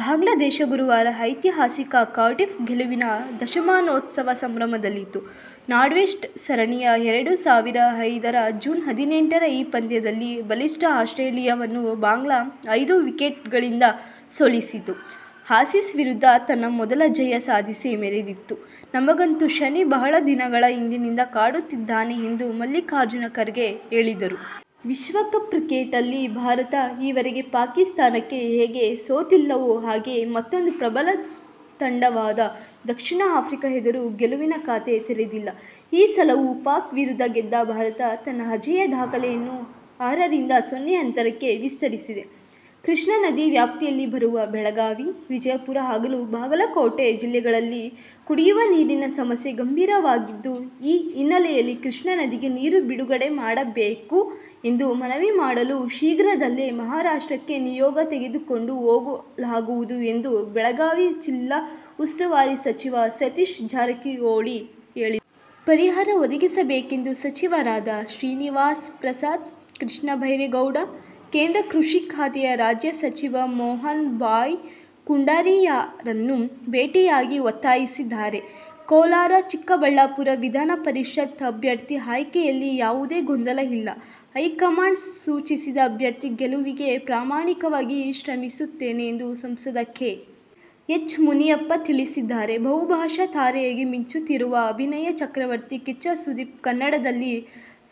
ಬಾಂಗ್ಲಾದೇಶ ಗುರುವಾರ ಐತಿಹಾಸಿಕ ಕಾರ್ಡಿಫ್ ಗೆಲುವಿನ ದಶಮಾನೋತ್ಸವ ಸಂಭ್ರಮದಲ್ಲಿತ್ತು. ನಾಟ್ವೆಸ್ಟ್ ಸರಣಿಯ ಎರಡು ಸಾವಿರ ಐದರ ಜೂನ್ ಹದಿನೆಂಟರ ಈ ಪಂದ್ಯದಲ್ಲಿ ಬಲಿಷ್ಠ ಆಸ್ಟ್ರೇಲಿಯವನ್ನು ಬಾಂಗ್ಲಾ ಐದು ವಿಕೆಟ್ಗಳಿಂದ ಸೋಲಿಸಿತ್ತು. ಆಸೀಸ್ ವಿರುದ್ಧ ತನ್ನ ಮೊದಲ ಜಯ ಸಾಧಿಸಿ ಮೆರೆದಿತ್ತು. ನಮಗಂತೂ ಶನಿ ಬಹಳ ದಿನಗಳ ಹಿಂದಿನಿಂದ ಕಾಡುತ್ತಿದ್ದಾನೆ ಎಂದು ಮಲ್ಲಿಕಾರ್ಜುನ್ ಖರ್ಗೆ ಹೇಳಿದರು. ವಿಶ್ವಕಪ್ ಕ್ರಿಕೆಟ್ನಲ್ಲಿ ಭಾರತ ಈವರೆಗೆ ಪಾಕಿಸ್ಥಾನಕ್ಕೆ ಹೇಗೆ ಸೋತಿಲ್ಲವೋ, ಹಾಗೆಯೇ ಮತ್ತೂಂದು ಪ್ರಬಲ ತಂಡವಾದ ದಕ್ಷಿಣ ಆಫ್ರಿಕಾ ಎದುರು ಗೆಲುವಿನ ಖಾತೆ ತೆರೆದಿಲ್ಲ. ಈ ಸಲವೂ ಪಾಕ್ ವಿರುದ್ಧ ಗೆದ್ದ ಭಾರತ ತನ್ನ ಅಜೇಯ ದಾಖಲೆಯನ್ನು ಆರ ರಿಂದ ಸೊನ್ನೆ ಅಂತರಕ್ಕೆ ವಿಸ್ತರಿಸಿದೆ. ಕೃಷ್ಣಾ ನದಿ ವ್ಯಾಪ್ತಿಯಲ್ಲಿ ಬರುವ ಬೆಳಗಾವಿ, ವಿಜಯಪುರ ಹಾಗೂ ಬಾಗಲಕೋಟೆ ಜಿಲ್ಲೆಗಳಲ್ಲಿ ಕುಡಿಯುವ ನೀರಿನ ಸಮಸ್ಯೆ ಗಂಭೀರವಾಗಿದ್ದು, ಈ ಹಿನ್ನೆಲೆಯಲ್ಲಿ ಕೃಷ್ಣಾ ನದಿಗೆ ನೀರು ಬಿಡುಗಡೆ ಮಾಡಬೇಕು ಎಂದು ಮನವಿ ಮಾಡಲು ಶೀಘ್ರದಲ್ಲೇ ಮಹಾರಾಷ್ಟ್ರಕ್ಕೆ ನಿಯೋಗ ತೆಗೆದುಕೊಂಡು ಹೋಗಲಾಗುವುದು ಎಂದು ಬೆಳಗಾವಿ ಜಿಲ್ಲಾ ಉಸ್ತುವಾರಿ ಸಚಿವ ಸತೀಶ ಜಾರಕಿಹೊಳಿ ಹೇಳಿದರು. ಪರಿಹಾರ ಒದಗಿಸಬೇಕೆಂದು ಸಚಿವರಾದ ಶ್ರೀನಿವಾಸ್ ಪ್ರಸಾದ್, ಕೃಷ್ಣ ಬೈರೇ ಗೌಡ, ಕೇಂದ್ರ ಕೃಷಿ ಖಾತೆಯ ರಾಜ್ಯ ಸಚಿವ ಮೋಹನ್ ಬಾಯ್ ಕುಂಡಾರಿಯಾರನ್ನು ಭೇಟಿಯಾಗಿ ಒತ್ತಾಯಿಸಿದ್ದಾರೆ. ಕೋಲಾರ-ಚಿಕ್ಕಬಳ್ಳಾಪುರ ವಿಧಾನಪರಿಷತ್ ಅಭ್ಯರ್ಥಿ ಆಯ್ಕೆಯಲ್ಲಿಯಾವುದೇ ಗೊಂದಲ ಇಲ್ಲ. ಹೈಕಮಾಂಡ್ ಸೂಚಿಸಿದ ಅಭ್ಯ ರ್ಥಿ ಗೆಲುವಿಗೆ ಪ್ರಾಮಾಣಿ ಕವಾಗಿ ಶ್ರಮಿಸುತ್ತೇನೆ ಎಂದು ಸಂಸದ ಕೆ. ಎಚ್. ಮುನಿಯಪ್ಪ ತಿಳಿಸಿದ್ದಾರೆ. ಬಹುಭಾಷಾ ತಾರೆಯಾಗಿ ಮಿಂಚುತ್ತಿರುವ ಅಭಿನಯ ಚಕ್ರವರ್ತಿ ಕಿಚ್ಚ ಸುದೀಪ್ ಕನ್ನಡದಲ್ಲಿ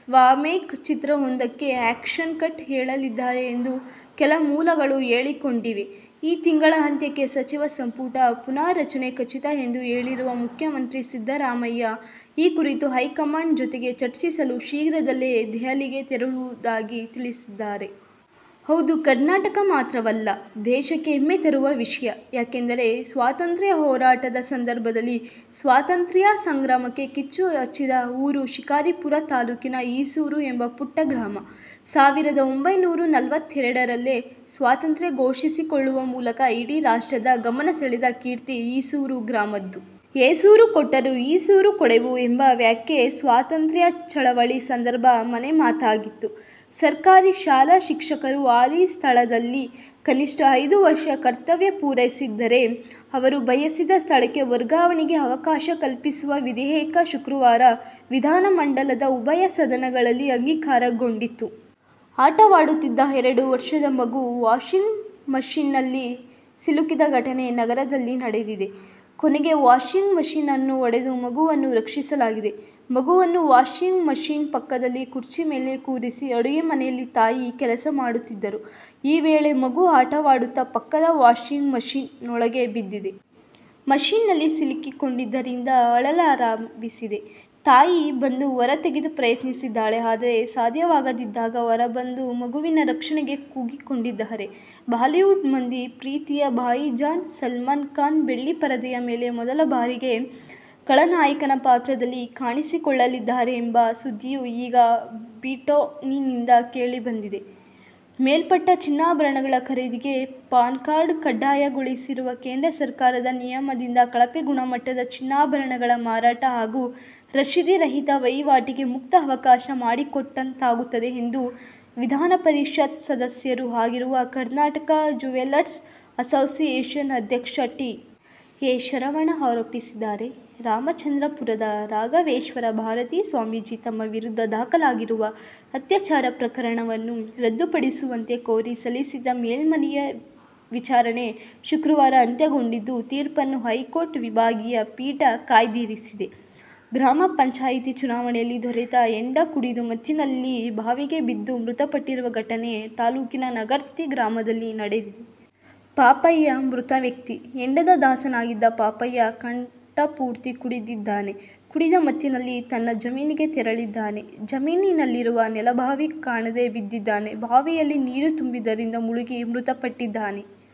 ಸ್ವಮೇಕ್ ಚಿತ್ರವೊಂದಕ್ಕೆ ಆ್ಯಕ್ಷನ್ ಕಟ್ ಹೇಳಲಿದ್ದಾರೆ ಎಂದು ಕೆಲ ಮೂಲಗಳು ಹೇಳಿಕೊಂಡಿದೆ. ಈ ತಿಂಗಳ ಅಂತ್ಯಕ್ಕೆ ಸಚಿವ ಸಂಪುಟ ಪುನಾರಚನೆ ಖಚಿತ ಎಂದು ಹೇಳಿರುವ ಮುಖ್ಯಮಂತ್ರಿ ಸಿದ್ದರಾಮಯ್ಯ, ಈ ಕುರಿತು ಹೈಕಮಾಂಡ್ ಜೊತೆಗೆ ಚರ್ಚಿಸಲು ಶೀಘ್ರದಲ್ಲೇ ದೆಹಲಿಗೆ ತೆರಳುವುದಾಗಿ ತಿಳಿಸಿದ್ದಾರೆ. ಹೌದು ಕರ್ನಾಟಕ ಮಾತ್ರವಲ್ಲ, ದೇಶಕ್ಕೆ ಹೆಮ್ಮೆ ತರುವ ವಿಷಯ. ಯಾಕೆಂದರೆ ಸ್ವಾತಂತ್ರ್ಯ ಹೋರಾಟದ ಸಂದರ್ಭದಲ್ಲಿ ಸ್ವಾತಂತ್ರ್ಯ ಸಂಗ್ರಾಮಕ್ಕೆ ಕಿಚ್ಚು ಹಚ್ಚಿದ ಊರು ಶಿಕಾರಿಪುರ ತಾಲೂಕಿನ ಈಸೂರು ಎಂಬ ಪುಟ್ಟ ಗ್ರಾಮ. ಸಾವಿರದ ಒಂಬೈನೂರ ನಲವತ್ತೆರಡರಲ್ಲೇ ಸ್ವಾತಂತ್ರ್ಯ ಘೋಷಿಸಿಕೊಳ್ಳುವ ಮೂಲಕ ಇಡೀ ರಾಷ್ಟ್ರದ ಗಮನಸೆಳೆದ ಕೀರ್ತಿ ಈಸೂರು ಗ್ರಾಮದ್ದು. ಏಸೂರು ಕೊಟ್ಟರೂ ಈಸೂರು ಕೊಡೆವು ಎಂಬ ವ್ಯಾಖ್ಯೆ ಸ್ವಾತಂತ್ರ್ಯ ಚಳವಳಿ ಸಂದರ್ಭ ಮನೆಮಾತಾಗಿತ್ತು. ಸರ್ಕಾರಿ ಶಾಲಾ ಶಿಕ್ಷಕರು ಹಾಲಿ ಸ್ಥಳದಲ್ಲಿ ಕನಿಷ್ಠ ಐದು ವರ್ಷ ಕರ್ತವ್ಯ ಪೂರೈಸಿದ್ದರೆ, ಅವರು ಬಯಸಿದ ಸ್ಥಳಕ್ಕೆ ವರ್ಗಾವಣೆಗೆ ಅವಕಾಶ ಕಲ್ಪಿಸುವ ವಿಧೇಯಕ ಶುಕ್ರವಾರ ವಿಧಾನ ಮಂಡಲದ ಉಭಯ ಸದನಗಳಲ್ಲಿ ಅಂಗೀಕಾರಗೊಂಡಿತು. ಆಟವಾಡುತ್ತಿದ್ದ ಎರಡು ವರ್ಷದ ಮಗು ವಾಷಿಂಗ್ ಮಷಿನ್ನಲ್ಲಿ ಸಿಲುಕಿದ ಘಟನೆ ನಗರದಲ್ಲಿನಡೆದಿದೆ. ಕೊನೆಗೆ ವಾಷಿಂಗ್ ಮಷಿನ್ ಅನ್ನು ಒಡೆದು ಮಗುವನ್ನು ರಕ್ಷಿಸಲಾಗಿದೆ. ಮಗುವನ್ನು ವಾಷಿಂಗ್ ಮಷಿನ್ ಪಕ್ಕದಲ್ಲಿ ಕುರ್ಚಿ ಮೇಲೆ ಕೂರಿಸಿ ಅಡುಗೆ ಮನೆಯಲ್ಲಿ ತಾಯಿ ಕೆಲಸ ಮಾಡುತ್ತಿದ್ದರು. ಈ ವೇಳೆ ಮಗು ಆಟವಾಡುತ್ತಾ ಪಕ್ಕದ ವಾಷಿಂಗ್ ಮಷಿನ್ ನೊಳಗೆ ಬಿದ್ದಿದೆ. ಮಷಿನ್ನಲ್ಲಿ ಸಿಲುಕಿಕೊಂಡಿದ್ದರಿಂದ ಅಳಲಾರಂಭಿಸಿದೆ. ತಾಯಿ ಬಂದು ಹೊರತೆಗೆಯಲು ಪ್ರಯತ್ನಿಸಿದ್ದಾಳೆ. ಆದರೆ ಸಾಧ್ಯವಾಗದಿದ್ದಾಗ ಹೊರಬಂದು ಮಗುವಿನ ರಕ್ಷಣೆಗೆ ಕೂಗಿಕೊಂಡಿದ್ದಾರೆ. ಬಾಲಿವುಡ್ ಮಂದಿ ಪ್ರೀತಿಯ ಭಾಯಿಜಾನ್ ಸಲ್ಮಾನ್ ಖಾನ್ ಬೆಳ್ಳಿ ಪರದೆಯ ಮೇಲೆ ಮೊದಲ ಬಾರಿಗೆ ಖಳನಾಯಕನ ಪಾತ್ರದಲ್ಲಿ ಕಾಣಿಸಿಕೊಳ್ಳಲಿದ್ದಾರೆಂಬ ಸುದ್ದಿಯು ಈಗ ಬಿಟೌನಿಂದ ಕೇಳಿ ಬಂದಿದೆ. ಮೇಲ್ಪಟ್ಟ ಚಿನ್ನಾಭರಣಗಳ ಖರೀದಿಗೆ ಪಾನ್ಕಾರ್ಡ್ ಕಡ್ಡಾಯಗೊಳಿಸಿರುವ ಕೇಂದ್ರ ಸರಕಾರದ ನಿಯಮದಿಂದ ಕಳಪೆ ಗುಣಮಟ್ಟದ ಚಿನ್ನಾಭರಣಗಳ ಮಾರಾಟ ಹಾಗೂ ರಶೀದಿ ರಹಿತ ವಹಿವಾಟಿಗೆ ಮುಕ್ತ ಅವಕಾಶ ಮಾಡಿಕೊಟ್ಟಂತಾಗುತ್ತದೆ ಎಂದು ವಿಧಾನಪರಿಷತ್ ಸದಸ್ಯರೂ ಆಗಿರುವ ಕರ್ನಾಟಕ ಜ್ಯುವೆಲ್ಲರ್ಸ್ ಅಸೋಸಿಯೇಷನ್ ಅಧ್ಯಕ್ಷ ಟಿ. ಎ. ಶರವಣ ಆರೋಪಿಸಿದ್ದಾರೆ. ರಾಮಚಂದ್ರಾಪುರದ ರಾಘವೇಶ್ವರ ಭಾರತೀ ಸ್ವಾಮೀಜಿ ತಮ್ಮ ವಿರುದ್ಧ ದಾಖಲಾಗಿರುವ ಅತ್ಯಾಚಾರ ಪ್ರಕರಣವನ್ನು ರದ್ದುಪಡಿಸುವಂತೆ ಕೋರಿ ಸಲ್ಲಿಸಿದ್ದ ಮೇಲ್ಮನವಿಯ ವಿಚಾರಣೆ ಶುಕ್ರವಾರ ಅಂತ್ಯಗೊಂಡಿದ್ದು, ತೀರ್ಪನ್ನು ಹೈಕೋರ್ಟ್ ವಿಭಾಗೀಯ ಪೀಠ ಕಾಯ್ದಿರಿಸಿದೆ. ಗ್ರಾಮ ಪಂಚಾಯಿತಿ ಚುನಾವಣೆಯಲ್ಲಿ ದೊರೆತ ಹೆಂಡ ಕುಡಿದು ಮತ್ತಿನಲ್ಲಿ ಬಾವಿಗೆ ಬಿದ್ದು ಮೃತಪಟ್ಟಿರುವ ಘಟನೆ ತಾಲೂಕಿನ ನಗರ್ತಿ ಗ್ರಾಮದಲ್ಲಿ ನಡೆದಿದೆ. ಪಾಪಯ್ಯ ಮೃತವ್ಯಕ್ತಿ. ಹೆಂಡದ ದಾಸನಾಗಿದ್ದ ಪಾಪಯ್ಯ ಕಂಠ ಪೂರ್ತಿ ಕುಡಿದಿದ್ದಾನೆ. ಕುಡಿದ ಮತ್ತಿನಲ್ಲಿ ತನ್ನ ಜಮೀನಿಗೆ ತೆರಳಿದ್ದಾನೆ. ಜಮೀನಿನಲ್ಲಿರುವ ನೆಲಬಾವಿ ಕಾಣದೆ ಬಿದ್ದಿದ್ದಾನೆ. ಬಾವಿಯಲ್ಲಿ ನೀರು ತುಂಬಿದ್ದರಿಂದ ಮುಳುಗಿ ಮೃತಪಟ್ಟಿದ್ದಾನೆ.